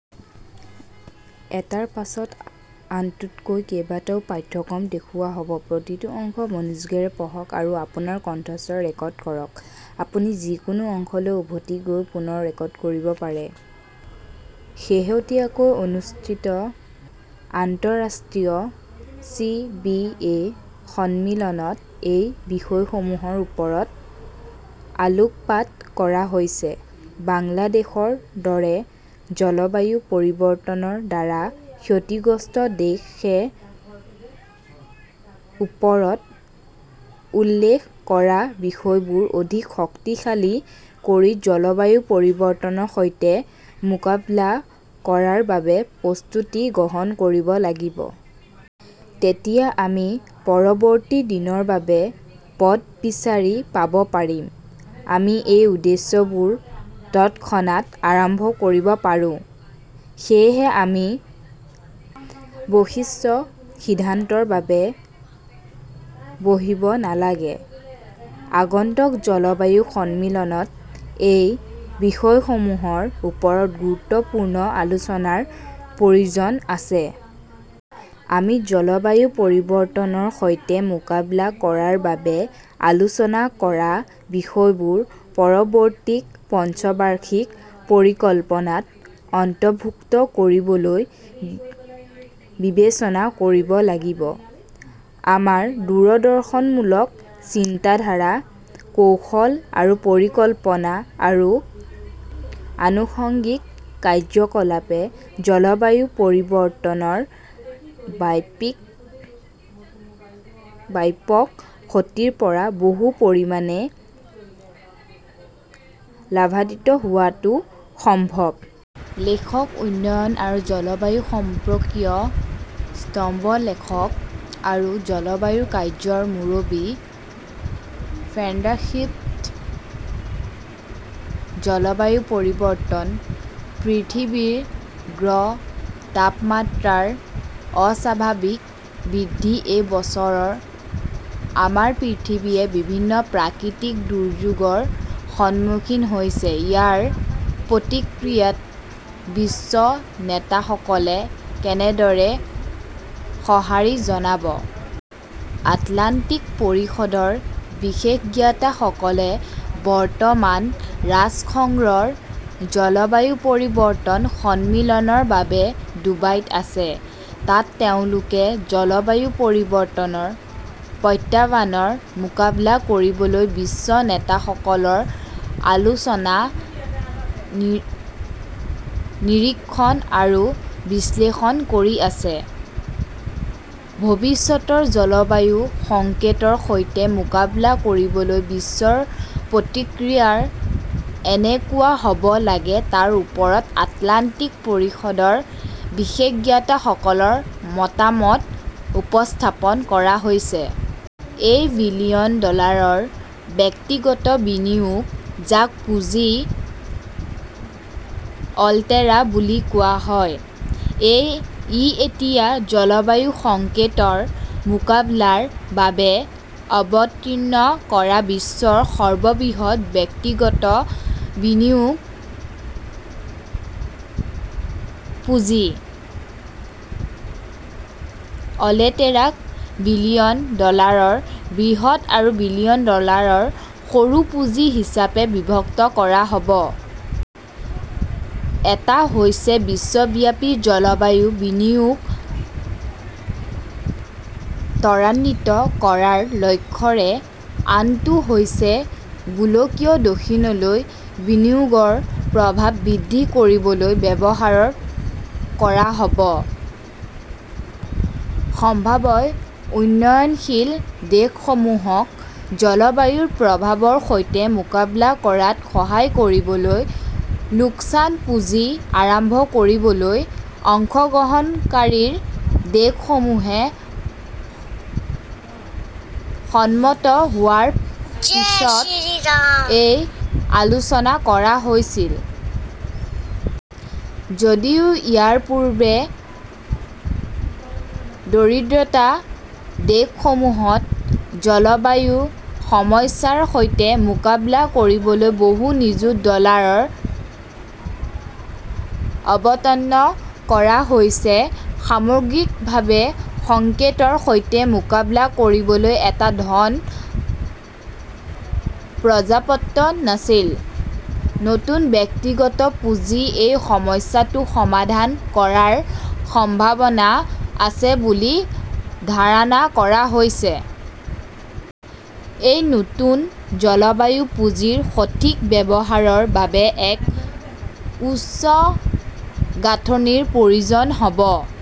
শেহতীয়াকৈ অনুষ্ঠিত আন্তঃৰাষ্ট্ৰীয় চি বি এ সন্মিলনত এই বিষয়সমূহৰ ওপৰত আলোকপাত কৰা হৈছে। বাংলাদেশৰ দৰে জলবায়ু পৰিৱৰ্তনৰ দ্বাৰা ক্ষতিগ্ৰস্ত দেশে ওপৰত উল্লেখ কৰা বিষয়বোৰ অধিক শক্তিশালী কৰি জলবায়ু পৰিৱৰ্তনৰ সৈতে মোকাবিলা কৰাৰ বাবে প্ৰস্তুতি গ্ৰহণ কৰিব লাগিব। তেতিয়া আমি পৰৱৰ্তী দিনৰ বাবে পথ বিচাৰি পাব পাৰিম। আমি এই উদ্যোগবোৰ তৎক্ষণাত আৰম্ভ কৰিব পাৰোঁ। সেয়েহে আমি বৈশ্বিক সিদ্ধান্তৰ বাবে বহিব নালাগে। আগন্তুক জলবায়ু সন্মিলনত এই বিষয়সমূহৰ ওপৰত গুৰুত্বপূৰ্ণ আলোচনাৰ প্ৰয়োজন আছে। আমি জলবায়ু পৰিৱৰ্তনৰ সৈতে মোকাবিলা কৰাৰ বাবে আলোচনা কৰা বিষয়বোৰ পৰৱৰ্তী পঞ্চবাৰ্ষিক পৰিকল্পনাত অন্তৰ্ভুক্ত কৰিবলৈ বিবেচনা কৰিব লাগিব। আমাৰ দূৰদৰ্শনমূলক চিন্তাধাৰা, কৌশল আৰু পৰিকল্পনা আৰু আনুষংগিক কাৰ্যকলাপে জলবায়ু পৰিৱৰ্তনৰ ব্যাপক ক্ষতিৰ পৰা বহু পৰিমাণে লাভান্বিত হোৱাটো সম্ভৱ। লেখকঃ উন্নয়ন আৰু জলবায়ু সম্পৰ্কীয় স্তম্ভলেখক আৰু জলবায়ু কাৰ্য্যৰ মুৰব্বী, ফ্ৰেণ্ডশ্বিপ। জলবায়ু পৰিৱৰ্তনঃ পৃথিৱীৰ গড় তাপমাত্ৰাৰ অস্বাভাৱিক বৃদ্ধি এই বছৰ আমাৰ পৃথিৱীয়ে বিভিন্ন প্ৰাকৃতিক দুৰ্যোগৰ সন্মুখীন হৈছে। ইয়াৰ প্ৰতিক্ৰিয়াত বিশ্ব নেতাসকলে কেনেদৰে সঁহাৰি জনাব? আটলাণ্টিক পৰিষদৰ বিশেষজ্ঞসকলে বৰ্তমান ৰাষ্ট্ৰসংঘৰ জলবায়ু পৰিৱৰ্তন সন্মিলনৰ বাবে ডুবাইত আছে। তাত তেওঁলোকে জলবায়ু পৰিৱৰ্তনৰ প্ৰত্যাহ্বানৰ মোকাবিলা কৰিবলৈ বিশ্ব নেতাসকলৰ আলোচনা নিৰীক্ষণ আৰু বিশ্লেষণ কৰি আছে। ভৱিষ্যতৰ জলবায়ু সংকটৰ সৈতে মোকাবিলা কৰিবলৈ বিশ্বৰ প্ৰতিক্ৰিয়া কেনেকুৱা হ'ব লাগে তাৰ ওপৰত আটলাণ্টিক পৰিষদৰ বিশেষজ্ঞসকলৰ মতামত উপস্থাপন কৰা হৈছে। এই বিলিয়ন ডলাৰৰ ব্যক্তিগত বিনিয়োগ, যাক পুঁজি অলটেৰা বুলি কোৱা হয়, ই এতিয়া জলবায়ু সংকটৰ মোকাবিলাৰ বাবে আবণ্টন কৰা বিশ্বৰ সৰ্ববৃহৎ ব্যক্তিগত বিনিয়োগ পুঁজি। অলটেৰাক বিলিয়ন ডলাৰৰ বৃহৎ আৰু বিলিয়ন ডলাৰৰ সৰু পুঁজি হিচাপে বিভক্ত কৰা হ'ব। এটা হৈছে বিশ্বব্যাপী জলবায়ু বিনিয়োগ ত্বৰান্বিত কৰাৰ লক্ষ্যৰে, আনটো হৈছে গোলকীয় দক্ষিণলৈ বিনিয়োগৰ প্ৰৱাহ বৃদ্ধি কৰিবলৈ ব্যৱহাৰ কৰা হ'ব। সম্ভাৱ্য উন্নয়নশীল দেশসমূহক জলবায়ুৰ প্ৰভাৱৰ সৈতে মোকাবিলা কৰাত সহায় কৰিবলৈ লোকচান পুঁজি আৰম্ভ কৰিবলৈ অংশগ্ৰহণকাৰী দেশসমূহে সন্মত হোৱাৰ পিছত এই আলোচনা কৰা হৈছিল। যদিও ইয়াৰ পূৰ্বে দৰিদ্ৰ দেশসমূহত জলবায়ু সমস্যাৰ সৈতে মোকাবিলা কৰিবলৈ বহুত নিযুত ডলাৰ আবণ্টন কৰা হৈছিল, সামগ্ৰিকভাৱে সংকটৰ সৈতে মোকাবিলা কৰিবলৈ এই ধন পৰ্যাপ্ত নাছিল। নতুন ব্যক্তিগত পুঁজি এই সমস্যাটো সমাধান কৰাৰ সম্ভাৱনা আছে বুলি ধাৰণা কৰা হৈছে। এই নতুন জলবায়ু পুঁজিৰ সঠিক ব্যৱহাৰৰ বাবে এক স্বচ্ছ গাঁথনিৰ প্ৰয়োজন হ'ব।